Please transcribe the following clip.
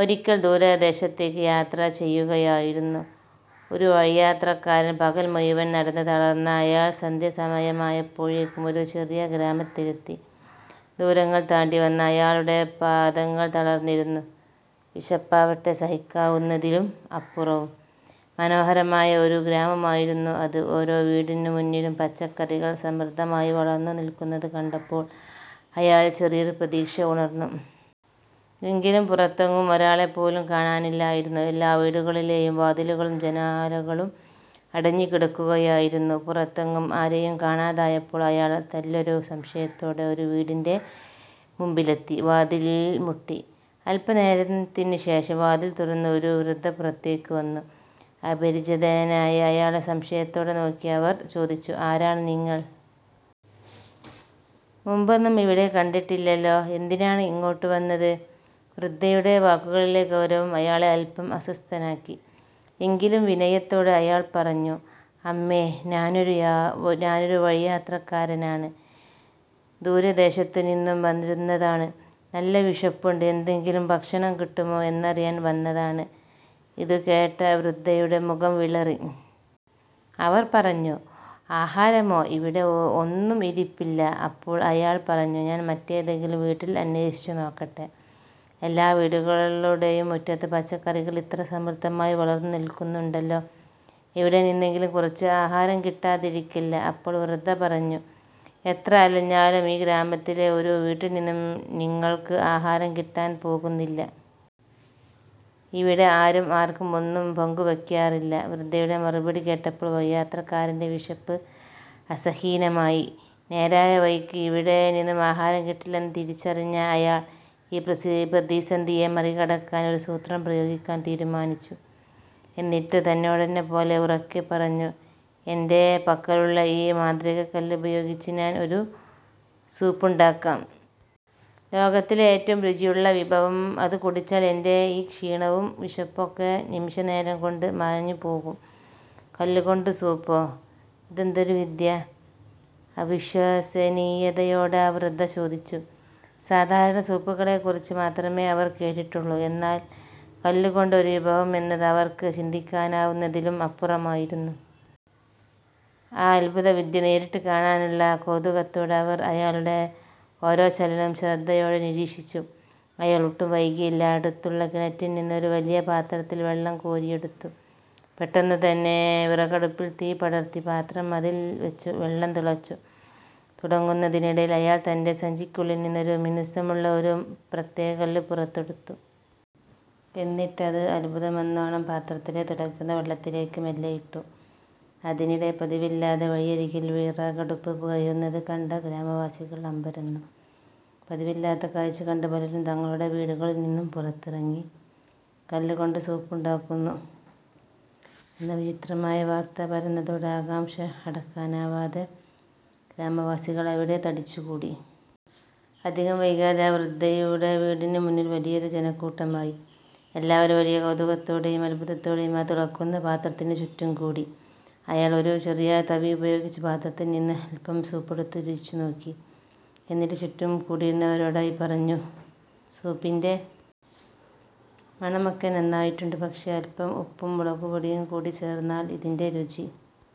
ഒരിക്കൽ, ദൂരദേശത്തേക്ക് യാത്ര ചെയ്യുകയായിരുന്നു ഒരു വഴിയാത്രക്കാരൻ. പകൽ മുഴുവൻ നടന്ന് തളർന്ന അയാൾ സന്ധ്യാസമയമായപ്പോഴേക്കും ഒരു ചെറിയ ഗ്രാമത്തിലെത്തി. ദൂരങ്ങൾ താണ്ടി വന്ന അയാളുടെ പാദങ്ങൾ തളർന്നിരുന്നു. വിശപ്പാവട്ടെ സഹിക്കാവുന്നതിലും അപ്പുറവും. മനോഹരമായ ഒരു ഗ്രാമമായിരുന്നു അത്. ഓരോ വീടിനു മുന്നിലും പച്ചക്കറികൾ സമൃദ്ധമായി വളർന്നു നിൽക്കുന്നത് കണ്ടപ്പോൾ അയാളിൽ ചെറിയൊരു പ്രതീക്ഷ ഉണർന്നു. എങ്കിലും, പുറത്തെങ്ങും ഒരാളെപ്പോലും കാണാനില്ലായിരുന്നു. എല്ലാ വീടുകളുടെയും വാതിലുകളും ജനലുകളും അടഞ്ഞുകിടക്കുകയായിരുന്നു. പുറത്തെങ്ങും ആരെയും കാണാതായപ്പോൾ അയാൾ തെല്ലൊരു സംശയത്തോടെ ഒരു വീടിന്റെ മുൻപിലെത്തി വാതിലിൽ മുട്ടി. അല്പനേരത്തിന് ശേഷം വാതിൽ തുറന്ന് ഒരു വൃദ്ധ പുറത്തേക്ക് വന്നു. അപരിചിതനായ അയാളെ സംശയത്തോടെ നോക്കി അവർ ചോദിച്ചു, "ആരാണ് നിങ്ങൾ? മുൻപൊന്നും ഇവിടെ കണ്ടിട്ടില്ലല്ലോ? എന്തിനാണ് ഇങ്ങോട്ട് വന്നത്? വൃദ്ധയുടെ വാക്കുകളിലെ ഗൗരവം അയാളെ അല്പം അസ്വസ്ഥനാക്കി. എങ്കിലും, വിനയത്തോടെ അയാൾ പറഞ്ഞു "അമ്മേ, ഞാനൊരു വഴിയാത്രക്കാരനാണ്. ദൂരദേശത്തു നിന്നും വരുന്നതാണ്. നല്ല വിശപ്പുണ്ട്, എന്തെങ്കിലും ഭക്ഷണം കിട്ടുമോ എന്നറിയാൻ വന്നതാണ്. " ഇതുകേട്ട വൃദ്ധയുടെ മുഖം വിളറി. അവർ പറഞ്ഞു "ആഹാരമോ, ഇവിടെ ഒന്നും ഇരിപ്പില്ല. " അപ്പോൾ അയാൾ പറഞ്ഞു "ഞാൻ മറ്റേതെങ്കിലും വീട്ടിൽ അന്വേഷിച്ചു നോക്കട്ടെ. എല്ലാ വീടുകളുടെയും മുറ്റത്ത് പച്ചക്കറികൾ ഇത്ര സമൃദ്ധമായി വളർന്നു നിൽക്കുന്നുണ്ടല്ലോ. എവിടെ നിന്നെങ്കിലും കുറച്ച് ആഹാരം കിട്ടാതിരിക്കില്ല. അപ്പോൾ വൃദ്ധ പറഞ്ഞു "എത്ര അലഞ്ഞാലും ഈ ഗ്രാമത്തിലെ ഒരു വീട്ടിൽ നിന്നും നിങ്ങൾക്ക് ആഹാരം കിട്ടാൻ പോകുന്നില്ല. ഇവിടെ ആരും ആർക്കും ഒന്നും പങ്കുവെക്കാറില്ല. " വൃദ്ധയുടെ മറുപടി കേട്ടപ്പോൾ വഴിയാത്രക്കാരന്റെ വിശപ്പ് അസഹനീയമായി. നേരായ വഴിക്ക് ഇവിടെ നിന്നും ആഹാരം കിട്ടില്ലെന്ന് തിരിച്ചറിഞ്ഞ അയാൾ, ഈ പ്രതിസന്ധിയെ മറികടക്കാൻ ഒരു സൂത്രം പ്രയോഗിക്കാൻ തീരുമാനിച്ചു. എന്നിട്ട് തന്നോടെന്ന പോലെ ഉറക്കെ പറഞ്ഞു "എന്റെ പക്കലുള്ള ഈ മാന്ത്രികക്കല്ല് ഉപയോഗിച്ച് ഞാൻ ഒരു സൂപ്പുണ്ടാക്കാം. ലോകത്തിലെ ഏറ്റവും രുചിയുള്ള വിഭവം! അത് കുടിച്ചാൽ എന്റെ ഈ ക്ഷീണവും വിശപ്പും ഒക്കെ നിമിഷനേരം കൊണ്ട് മാഞ്ഞുപോകും. " "കല്ലുകൊണ്ട് സൂപ്പോ? ഇതെന്തൊരു വിദ്യ? " അവിശ്വസനീയതയോടെ ആ വൃദ്ധ ചോദിച്ചു. സാധാരണ സൂപ്പുകളെക്കുറിച്ച് മാത്രമേ അവർ കേട്ടിട്ടുള്ളൂ, എന്നാൽ കല്ലുകൊണ്ട് ഒരു വിഭവം എന്നത് അവർക്ക് ചിന്തിക്കാവുന്നതിലും അപ്പുറമായിരുന്നു. ആ അത്ഭുതവിദ്യ നേരിട്ട് കാണാനുള്ള കൗതുകത്തോടെ, അവർ അയാളുടെ ഓരോ ചലനവും ശ്രദ്ധയോടെ നിരീക്ഷിച്ചു. അയാൾ ഒട്ടും വൈകിയില്ല. അടുത്തുള്ള കിണറ്റിൽ നിന്ന് ഒരു വലിയ പാത്രത്തിൽ വെള്ളം കോരിയെടുത്തു. പെട്ടെന്നുതന്നെ വിറകടുപ്പിൽ തീ പടർത്തി പാത്രം അതിൽ വെച്ചു. വെള്ളം തിളച്ചു തുടങ്ങുന്നതിനിടയിൽ, അയാൾ തന്റെ സഞ്ചിക്കുള്ളിൽ നിന്ന് മിനുസമുള്ള ഒരു പ്രത്യേക കല്ല് പുറത്തെടുത്തു. എന്നിട്ട് അത് അത്ഭുതമെന്നോണം പാത്രത്തിലെ തിളയ്ക്കുന്ന വെള്ളത്തിലേക്ക് മെല്ലെ ഇട്ടു. അതിനിടെ, പതിവില്ലാതെ വഴിയരികിൽ വിറകടുപ്പ് പുകയുന്നത് കണ്ട ഗ്രാമവാസികൾ അമ്പരന്നു. പതിവില്ലാത്ത കാഴ്ച കണ്ട് പലരും തങ്ങളുടെ വീടുകളിൽ നിന്നും പുറത്തിറങ്ങി. കല്ലു കൊണ്ട് സൂപ്പുണ്ടാക്കുന്നു എന്ന വിചിത്രമായ വാർത്ത പരന്നതോടെ, ആകാംക്ഷ അടക്കാനാവാതെ ഗ്രാമവാസികൾ അവിടെ തടിച്ചുകൂടി. അധികം വൈകാതെ ആ വൃദ്ധയുടെ വീടിനു മുന്നിൽ വലിയൊരു ജനക്കൂട്ടമായി. എല്ലാവരും വലിയ കൗതുകത്തോടെയും അത്ഭുതത്തോടെയും ആ തിളയ്ക്കുന്ന പാത്രത്തിന് ചുറ്റും കൂടി. അയാൾ ഒരു ചെറിയ തവി ഉപയോഗിച്ച് പാത്രത്തിൽ നിന്ന് അല്പം സൂപ്പെടുത്ത് രുചിച്ചു നോക്കി. എന്നിട്ട് ചുറ്റും കൂടിയിരുന്നവരോടായി പറഞ്ഞു "സൂപ്പിന്റെ മണം ഒക്കെ നന്നായിട്ടുണ്ട്, പക്ഷേ അല്പം ഉപ്പും മുളകുപൊടിയും കൂടി ചേർത്താൽ ഇതിന്റെ രുചി